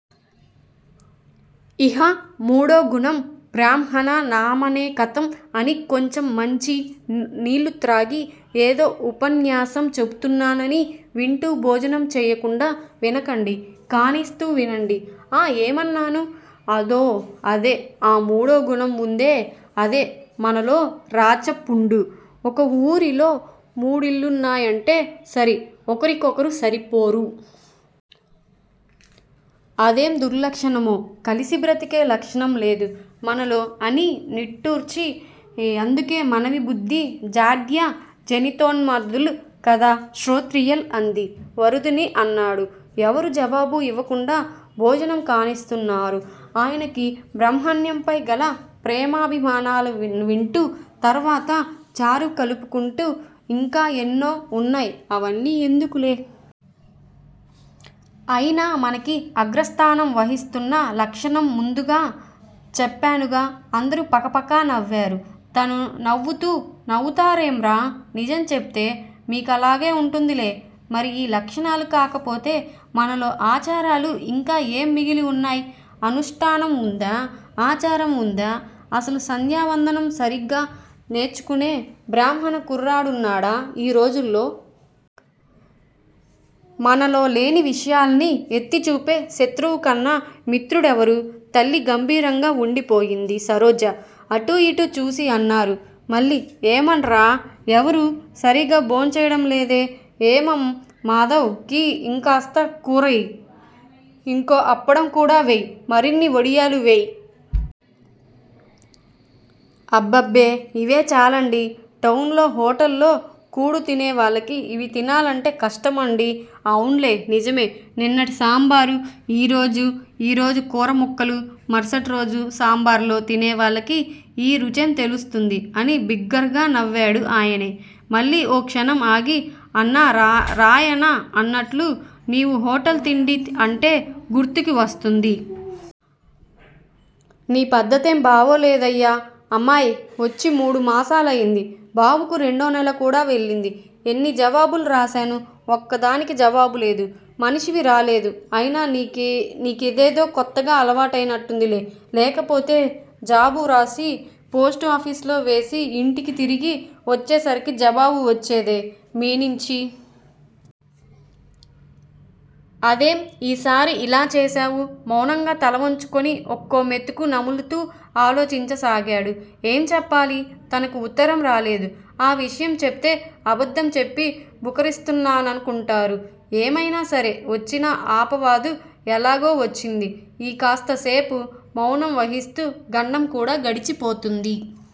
ఇహ మూడో గుణం బ్రహ్మణానామనేకతమ్ అని కొంచెం మంచి నీళ్ళు త్రాగి, ఏదో ఉపన్యాసం చెపుతున్నానని వింటూ భోజనం చెయ్యకుండా వినకండి. కానిస్తూ వినండి. ఆ ఎమన్నాను? అదో అదే ఆ మూడో గుణం వుందే అదే మనలో రాచపుండు. ఒక వూరిలో మూడిళ్ళున్నాయంటే సరి ఒకరికొకరు సరిపోరు. అదేం దుర్లక్షణమో కలిసి బ్రతికే లక్షణం లేదు మనలో అని నిట్టూర్చి అందుకే మనవి బుద్ది జాడ్య జనితోన్మాదుల్ కదా శ్రోత్రియుల్ అంది వరూధిని అన్నాడు. ఎవరూ జవాబు యివకుండా భోజనం కానిస్తున్నారు ఆయనకి బ్రహ్మణ్యంపై గల ప్రేమాభిమానాలనివింటూ. తర్వాత చారు కలుపుకుంటూ ఇంకా ఎన్నో వున్నాయ్ అవన్నీ ఎందుకులే. అయినా మనకి అగ్రస్థానం వహిస్తోన్న లక్షణం ముందుగా చెప్పానుగా అందరూ పకపక నవ్వారు. తనూ నవ్వుతూ నవ్వుతారేమర్రా? నిజం చెపితే మికలాగే వుంటుందిలే- మరి యీ లక్షణాలు కాకపోతే మనలో ఆచారాలు యింకా ఏం మిగిలివున్నాయ్? అనుష్టానం వుందా? ఆచారం వుందా? అసలు సంధ్యావందనం సరిగా నేర్చుకున్న బ్రాహ్మణకుర్రాడున్నాడా యీ రోజుల్లో? మనలో లేని విషయాల్ని ఎత్తి చూపే శత్రువుకన్నా మిత్రుడేవరు తల్లీ గంభీరంగా వుండిపోయింది సరోజ. అటూ యిటూ చూసి అన్నారు మళ్ళీ ఏమర్రా ఎవరూ సరిగా భోంచేయటం లేదే- ఏమేవ్ మాధవ్ కి యింకాస్త కూరవేయ్. ఇంకో అప్పడం కూడా వెయ్. మరిన్ని వడియాలు వెయ్. అబ్బబ్బే! ఇవే చాలండి. టౌన్ లో హోటల్ కూడుతినేవాళ్ళకి ఇవి తినాలంటే కష్టమండి అవున్లే నిజమే! నిన్నటి సాంబారు, యీరోజు, ఈరోజు కూరముక్కలు మరుసటి రోజు సాంబార్లో తినేవాళ్ళకి యీ రుచేం తెలుస్తుంది! అని బిగ్గరగా నవ్వాడు ఆయనే. మళ్ళీ ఓ క్షణం ఆగి అన్నారాయన అన్నట్లు నీవు హోటల్ తిండి అంటే గుర్తుకి వస్తోంది. నీ పద్దతేం బావులేదయ్యా అమ్మాయ్ వచ్చి మూడు మాసాలైంది, బాబుకి రెండో నెల కూడా వెళ్ళింది. ఎన్ని జాబులు రాశాను- ఒక్కదానికి జవాబు లేదు. మనిషివి రాలేదు అయినా నీ కిదేదో కొత్తగా అలవాటైనట్టుందిలే! లేకపోతే జాబు వ్రాసి పోస్ట్ ఆఫీసులో వేసి యింటికి తిరిగి వచ్చేసరికి జవాబు వచ్చేదే మీనించి! అదేం యీ సారి యిలా చేశావు? మౌనంగా తలవంచుకొని ఒక్కో మెతుకే నములుతూ ఆలోచించసాగాడు. ఏం చెప్పాలి? తనకు వుత్తరం రాలేదు. ఆ విషయం చెపితే అబద్దం చెప్పి బుకరిస్తున్నాననుకుంటారు. ఏమైనా సరే వచ్చిన అపవాదు ఎలాగూ వచ్చింది. ఈ కాస్త సేపు మౌనం వహిస్తూ గండం కూడా గడిచిపోతుంది.